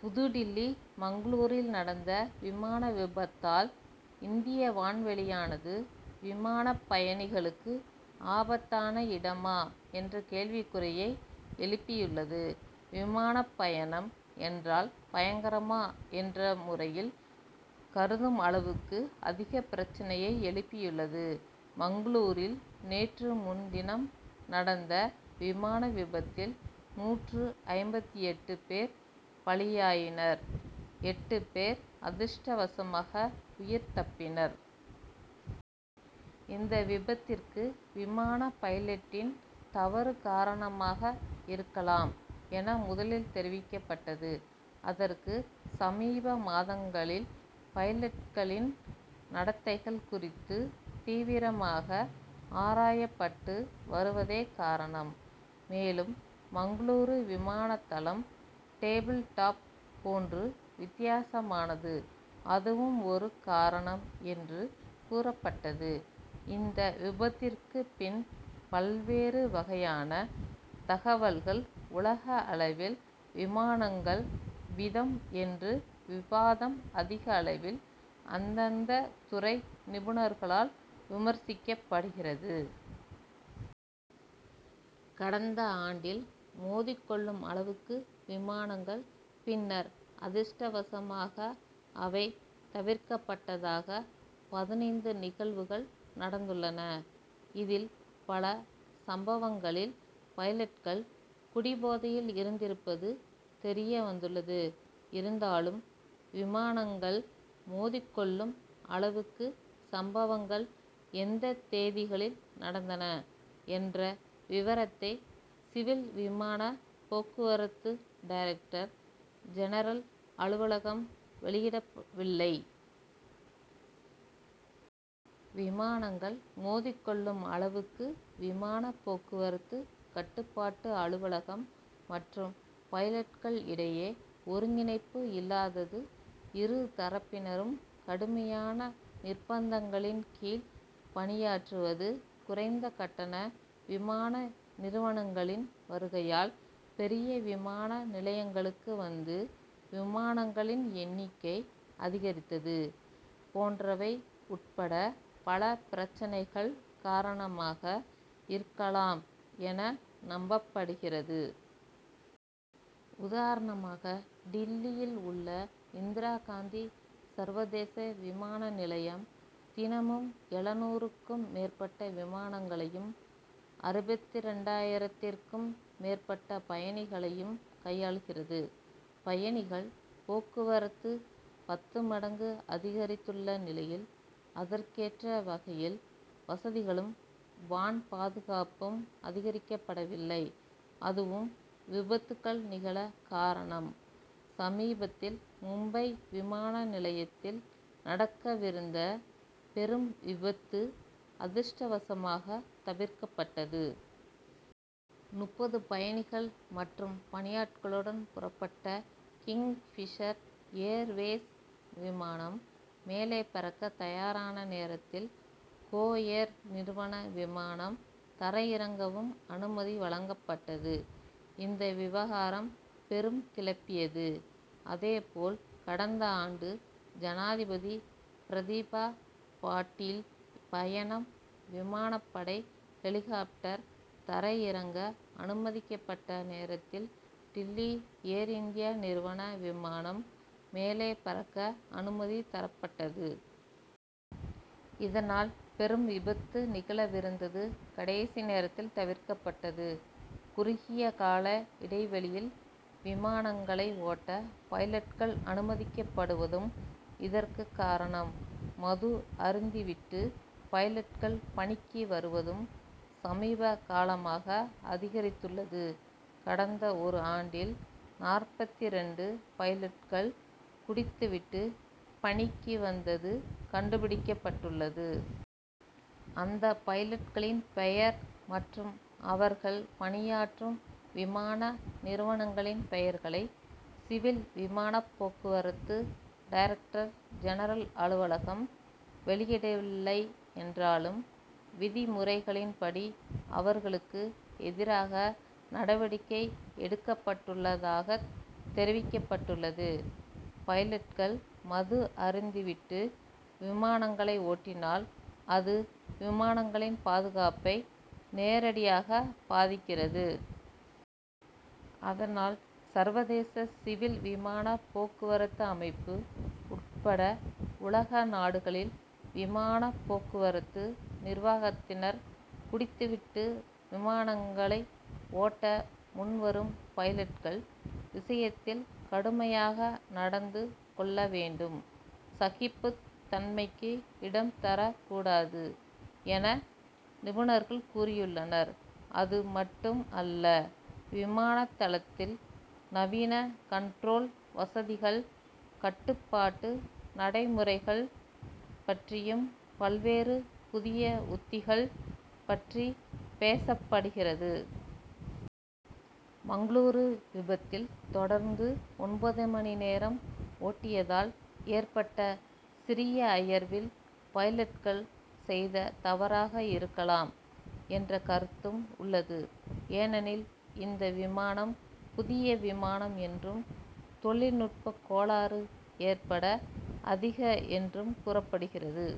புதுடில்லி மங்களூரில் நடந்த விமான விபத்தால் இந்திய வான்வெளியானது விமானப் பயணிகளுக்கு ஆபத்தான இடமா என்ற கேள்விக்குறியை எழுப்பியுள்ளது. விமானப் பயணம் என்றால் பயங்கரமா என்ற முறையில் கருதும் அளவுக்கு அதிக பிரச்னையை எழுப்பியுள்ளது. மங்களூரில் நேற்று முன்தினம் நடந்த விமான விபத்தில் நூற்று ஐம்பத்தெட்டு பேர் பலியாயினர் எட்டு பேர் அதிர்ஷ்டவசமாக உயிர் தப்பினர். இந்த விபத்திற்கு விமான பைலட்டின் தவறு காரணமாக இருக்கலாம் என முதலில் தெரிவிக்கப்பட்டது. அதற்கு சமீப மாதங்களில் பைலட்களின் நடத்தைகள் குறித்து தீவிரமாக ஆராயப்பட்டு வருவதே காரணம். மேலும் மங்களூரு விமானதளம் டேபிள் டாப் போன்று வித்தியாசமானது அதுவும் ஒரு காரணம் என்று கூறப்பட்டது. இந்த விபத்திற்குப் பின் பல்வேறு வகையான தகவல்கள் உலக அளவில் விமானங்கள் விதம் என்று விவாதம் அதிகளவில் அந்தந்த துறை நிபுணர்களால் விமர்சிக்கப்படுகிறது. கடந்த ஆண்டில் மோதிக் கொள்ளும் அளவுக்கு விமானங்கள் பின்னர் அதிர்ஷ்டவசமாக அவை தவிர்க்கப்பட்டதாக பதினைந்து நிகழ்வுகள் நடந்துள்ளன. இதில் பல சம்பவங்களில் பைலட்கள் குடிபோதையில் இருந்திருப்பது தெரியவந்துள்ளது. இருந்தாலும் விமானங்கள் மோதிக்கொள்ளும் அளவுக்கு சம்பவங்கள் எந்த தேதிகளில் நடந்தன என்ற விவரத்தை சிவில் விமான போக்குவரத்து டைரக்டர் ஜெனரல் அலுவலகம் வெளியிடவில்லை. விமானங்கள் மோதிக் கொள்ளும் அளவுக்கு விமான போக்குவரத்து கட்டுப்பாட்டு அலுவலகம் மற்றும் பைலட்கள் இடையே ஒருங்கிணைப்பு இல்லாதது இரு தரப்பினரும் கடுமையான நிர்பந்தங்களின் கீழ் பணியாற்றுவது குறைந்த கட்டண விமான நிறுவனங்களின் வருகையால் பெரிய விமான நிலையங்களுக்கு வந்து விமானங்களின் எண்ணிக்கை அதிகரித்தது போன்றவை உட்பட பல பிரச்னைகள் காரணமாக இருக்கலாம் என நம்பப்படுகிறது. உதாரணமாக டில்லியில் உள்ள இந்திரா காந்தி சர்வதேச விமான நிலையம் தினமும் எழுநூறுக்கும் மேற்பட்ட விமானங்களையும் அறுபத்திரண்டாயிரத்திற்கும் மேற்பட்ட பயணிகளையும் கையாள்கிறது. பயணிகள் போக்குவரத்து பத்து மடங்கு அதிகரித்துள்ள நிலையில் அதற்கேற்ற வகையில் வசதிகளும் வான் பாதுகாப்பும் அதிகரிக்கப்படவில்லை. அதுவும் விபத்துகள் நிகழ காரணம். சமீபத்தில் மும்பை விமான நிலையத்தில் நடக்கவிருந்த பெரும் விபத்து அதிர்ஷ்டவசமாக தவிர்க்கப்பட்டது. முப்பது பயணிகள் மற்றும் பணியாட்களுடன் புறப்பட்ட கிங்பிஷர் ஏர்வேஸ் விமானம் மேலே பறக்க தயாரான நேரத்தில் கோ ஏர் நிறுவன விமானம் தரையிறங்கவும் அனுமதி வழங்கப்பட்டது. இந்த விவகாரம் பெரும் கிளப்பியது. அதே போல் கடந்த ஆண்டு ஜனாதிபதி பிரதிபா பாட்டீல் பயணம் விமானப் படை ஹெலிகாப்டர் தரையிறங்க அனுமதிக்கப்பட்ட நேரத்தில் டில்லி ஏர்-இந்தியா நிறுவன விமானம் மேலே பறக்க அனுமதி தரப்பட்டது. இதனால் பெரும் விபத்து நிகழவிருந்தது கடைசி நேரத்தில் தவிர்க்கப்பட்டது. குறுகிய கால இடைவெளியில் விமானங்களை ஓட்ட பைலட்கள் அனுமதிக்கப்படுவதும் இதற்கு காரணம். மது அருந்தி விட்டு பைலட்கள் பணிக்கு வருவதும் சமீப காலமாக அதிகரித்துள்ளது. கடந்த ஒரு ஆண்டில் நாற்பத்திரண்டு பைலட்கள் குடித்து விட்டு பணிக்கு வந்தது கண்டுபிடிக்கப்பட்டுள்ளது. அந்த பைலட்களின் பெயர் மற்றும் அவர்கள் பணியாற்றும் விமான நிறுவனங்களின் பெயர்களை சிவில் விமானப் போக்குவரத்து டைரக்டர் ஜெனரல் அலுவலகம் வெளியிடவில்லை என்றாலும் விதிமுறைகளின்படி அவர்களுக்கு எதிராக நடவடிக்கை எடுக்கப்பட்டுள்ளதாகத் தெரிவிக்கப்பட்டுள்ளது. பைலட்கள் மது அருந்தி விட்டு விமானங்களை ஓட்டினால் அது விமானங்களின் பாதுகாப்பை நேரடியாக பாதிக்கிறது. அதனால் சர்வதேச சிவில் விமான போக்குவரத்து அமைப்பு உட்பட உலக நாடுகளில் விமான போக்குவரத்து நிர்வாகத்தினர் குடித்து விட்டு விமானங்களை ஓட்ட முன்வரும் பைலட்கள் விஷயத்தில் கடுமையாக நடந்து கொள்ள வேண்டும். சகிப்புத் தன்மைக்கு இடம் தரக்கூடாது என நிபுணர்கள் கூறியுள்ளனர். அது மட்டும் அல்ல விமான தளத்தில் நவீன கன்ட்ரோல் வசதிகள் கட்டுப்பாட்டு நடைமுறைகள் பற்றியும் பல்வேறு புதிய உத்திகள் பற்றி பேசப்படுகிறது. மங்களூரு விபத்தில் தொடர்ந்து ஒன்பது மணி நேரம் ஓட்டியதால் ஏற்பட்ட சிறிய அயர்வில் பைலட்கள் செய்த தவறாக இருக்கலாம் என்ற கருத்தும் உள்ளது. ஏனெனில் இந்த விமானம் புதிய விமானம் என்றும் தொழில்நுட்பக் கோளாறு ஏற்பட அதிக என்றும் கூறப்படுகிறது.